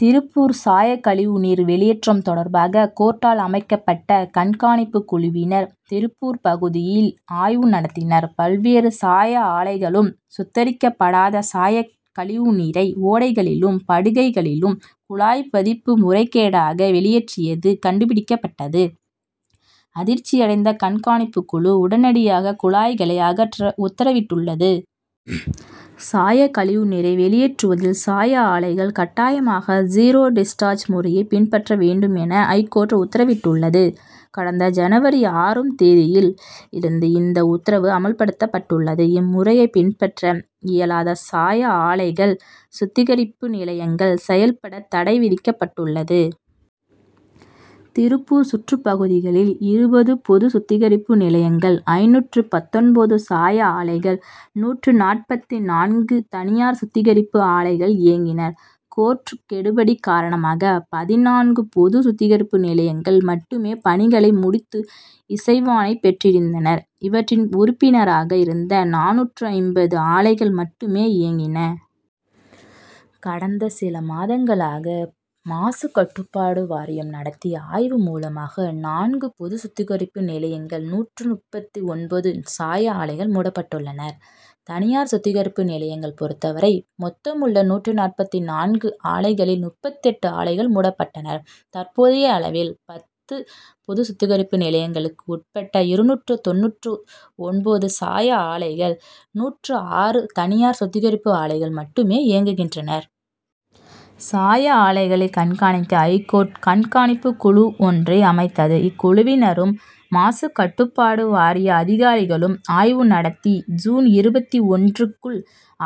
திருப்பூர் சாயக்கழிவு நீர் வெளியேற்றம் தொடர்பாக, கோர்ட்டால் அமைக்கப் பட்ட கண்காணிப்பு குழுவினர், திருப்பூர் பகுதியில் ஆய்வு நடத்தினர். பல்வேறு சாய ஆலைகளும், சுத்திகரிக்கப்படாத சாயக்கழிவு நீரை ஓடைகளிலும், படுகைகளிலும் குழாய் பதித்து முறைகேடாக வெளியேற்றியது கண்டுபிடிக்கப்பட்டது. அதிர்ச்சியடைந்த கண் காணிப்பு குழு, உடனடியாக குழாய்களை அகற்ற உத்தரவிட்டுள்ளது. சாயக்கழிவு நீரை வெளியேற்றுவதில் சாய ஆலைகள் கட்டாயமாக ஜீரோ டிஸ்சார்ஜ்' முறையை பின்பற்ற வேண்டும் என ஐகோர்ட் உத்தரவிட்டுள்ளது. கடந்த ஜன., ஆறு ம் தேதியில் இருந்து இந்த உத்தரவு அமல்படுத்தப்பட்டுள்ளது. இம்முறையை பின்பற்ற இயலாத சாய ஆலைகள், சுத்திகரிப்பு நிலையங்கள் செயல்பட தடை விதிக்கப்பட்டுள்ளது. திருப்பூர் சுற்றுப்பகுதிகளில் இருபது பொது சுத்திகரிப்பு நிலையங்கள், ஐந்நூற்று பத்தொன்பது சாய ஆலைகள், நூற்று நாற்பத்து நான்கு தனியார் சுத்திகரிப்பு ஆலைகள் இயங்கின. கோர்ட் கெடுபிடி காரணமாக, பதினான்கு பொது சுத்திகரிப்பு நிலையங்கள் மட்டுமே பணிகளை முடித்து இசைவாணை பெற்றிருந்தன. இவற்றின் உறுப்பினராக இருந்த நானூற்று ஐம்பது ஆலைகள் மட்டுமே இயங்கின. கடந்த சில மாதங்களாக மாசு கட்டுப்பாடு வாரியம் நடத்திய ஆய்வு மூலமாக, நான்கு பொது சுத்திகரிப்பு நிலையங்கள், நூற்று முப்பத்து ஒன்பது சாய ஆலைகள் மூடப்பட்டுள்ளன. தனியார் சுத்திகரிப்பு நிலையங்களை பொறுத்தவரை, மொத்தமுள்ள நூற்று நாற்பத்து நான்கு ஆலைகளில், முப்பத்து எட்டு ஆலைகள் மூடப்பட்டன. தற்போதைய அளவில், பத்து பொது சுத்திகரிப்பு நிலையங்களுக்கு உட்பட்ட இருநூற்று தொண்ணூற்று ஒன்பது சாய ஆலைகள், நூற்று ஆறு தனியார் சுத்திகரிப்பு ஆலைகள் மட்டுமே இயங்குகின்றன. சாய ஆலைகளை கண் காணிக்க, ஐகோர்ட் கண் காணிப்பு குழு ஒன்றை அமைத்தது. இக்குழுவினரும், மாசு கட்டுப் பாடு வாரிய அதிகாரிகளும் ஆய்வு நடத்தி, ஜூன் இருபத்து ஒன்று க்குள்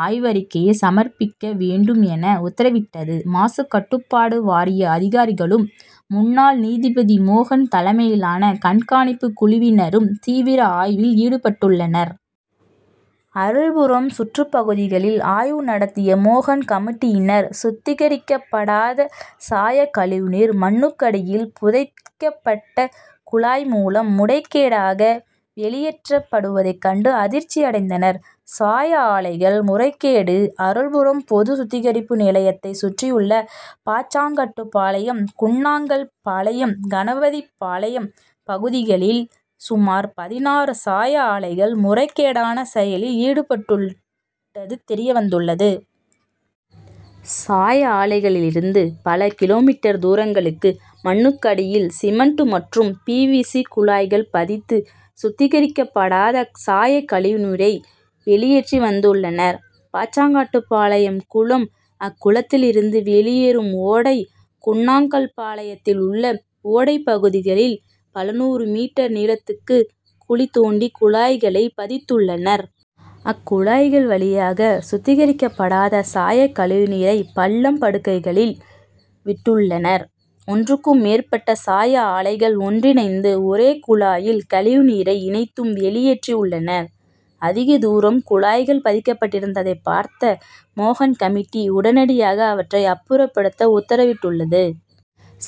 ஆய்வறிக்கையை சமர்ப்பிக்க வேண்டும் என உத்தரவிட்டது. மாசு கட்டுப்பாடு வாரிய அதிகாரிகளும், முன்னாள் நீதிபதி மோகன் தலைமையிலான கண்காணிப்பு குழுவினரும் தீவிர ஆய்வில் ஈடுபட்டுள்ளனர். அருள்புரம் சுற்றுப்பகுதிகளில் ஆய்வு நடத்திய மோகன் கமிட்டியினர், சுத்திகரிக்கப் படாத சாயக்கழிவு நீர் மண்ணுக்கடியில் புதைக் கப்பட்ட குழாய் மூலம் முறைகேடாக வெளியேற்றப் படுவதைக் கண்டு அதிர்ச்சி அடைந்தனர். சாய ஆலைகள் முறைகேடு அருள்புரம் பொது சுத்திகரிப்பு நிலையத்தைச் சுற்றியுள்ள பாச்சாங்காட்டுப்பாளையம், குன்னாங்கல்பாளையம், கணபதிபாளையம் பகுதிகளில் சுமார் பதினாறு சாய ஆலைகள் முறைகேடான செயலில் ஈடுபட்டது தெரியவந்துள்ளது. சாய ஆலைகளில் இருந்து பல கி. மீ., தூரங்களுக்கு மண்ணுக்கடியில் சிமென்ட் மற்றும் பிவிசி' குழாய்கள் பதித்து, சுத்திகரிக் கப்படாத சாயக்கழிவு நீரை வெளியேற்றி வந்துள்ளனர். பாச்சாங்காட்டுப்பாளையம் குளம், அக்குளத்தில் இருந்து வெளியேறும் ஓடை, குன்னாங் கல் பாளையத்தில் உள்ள ஓடைப்பகுதிகளில் பல நூறு மீட்டர் நீளத்துக்கு குழி தோண்டி குழாய்களைப் பதித் துள்ளனர். அக்குழாய்கள் வழியாக சுத்திகரிக்கப்படாத சாயக்கழிவு நீரை பள்ளம், படுகைகளில் விட்டுள்ளனர். ஒன்றுக்கும் மேற்பட்ட சாய ஆலைகள் ஒன்றிணைந்து ஒரே குழாயில் கழிவு நீரை இணைத் தும் வெளியேற்றி உள்ளனர். அதிக தூரம் குழாய்கள் பதிக் கப்பட்டிருந்ததை பார்த்த மோகன் கமிட்டி, உடனடியாக அவற்றை அப்புறப்படுத்த உத் தரவிட்டுள்ளது.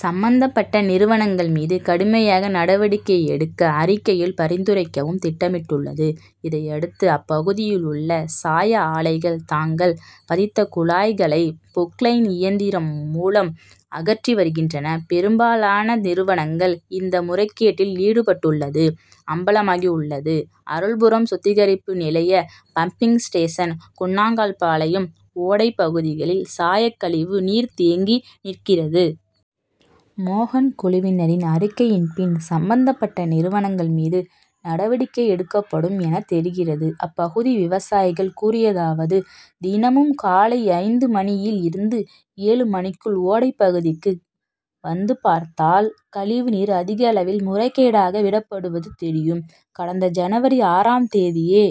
சம்பந்தப் பட்ட நிறுவனங்கள் மீது கடுமையாக நடவடிக்கை எடுக்க, அறிக்கையில் பரிந்துரைக்கவும் திட்டமிட்டுள்ளது. இதையடுத்து, அப்பகுதியில் உள்ள சாய ஆலைகள், தாங்கள் பதித்த குழாய்களை பொக் லைன் இயந்திரம் மூலம் அகற்றி வருகின்றன. பெரும் பாலான நிறுவனங்கள், இந்த முறைகேட்டில் ஈடுபட்டுள்ளது அம்பலமாகி உள்ளது. அருள்புரம் சுத்திகரிப்பு நிலைய பம்பிங் ஸ்டேஷன், குன்னாங் கல்பாளையம் ஓடை பகுதிகளில் சாயக்கழிவு நீர் தேங்கி நிற்கிறது. மோகன் குழுவினரின் அறிக்கைக்குப்பின், சம்பந்தப்பட்ட நிறுவனங்கள் மீது நடவடிக்கை எடுக்கப் படும் என தெரிகிறது. அப்பகுதி விவசாயிகள் கூறியதாவது தினமும் காலை ஐந்து மணியில் இருந்து ஏழு மணிக்குள் ஓடைப்பகுதிக்கு வந்து பார்த்தால், கழிவு நீர் அதிகளவில் முறைகேடாக விடப் படுவது தெரியும். கடந்த ஜன., ஆறாம் தேதியே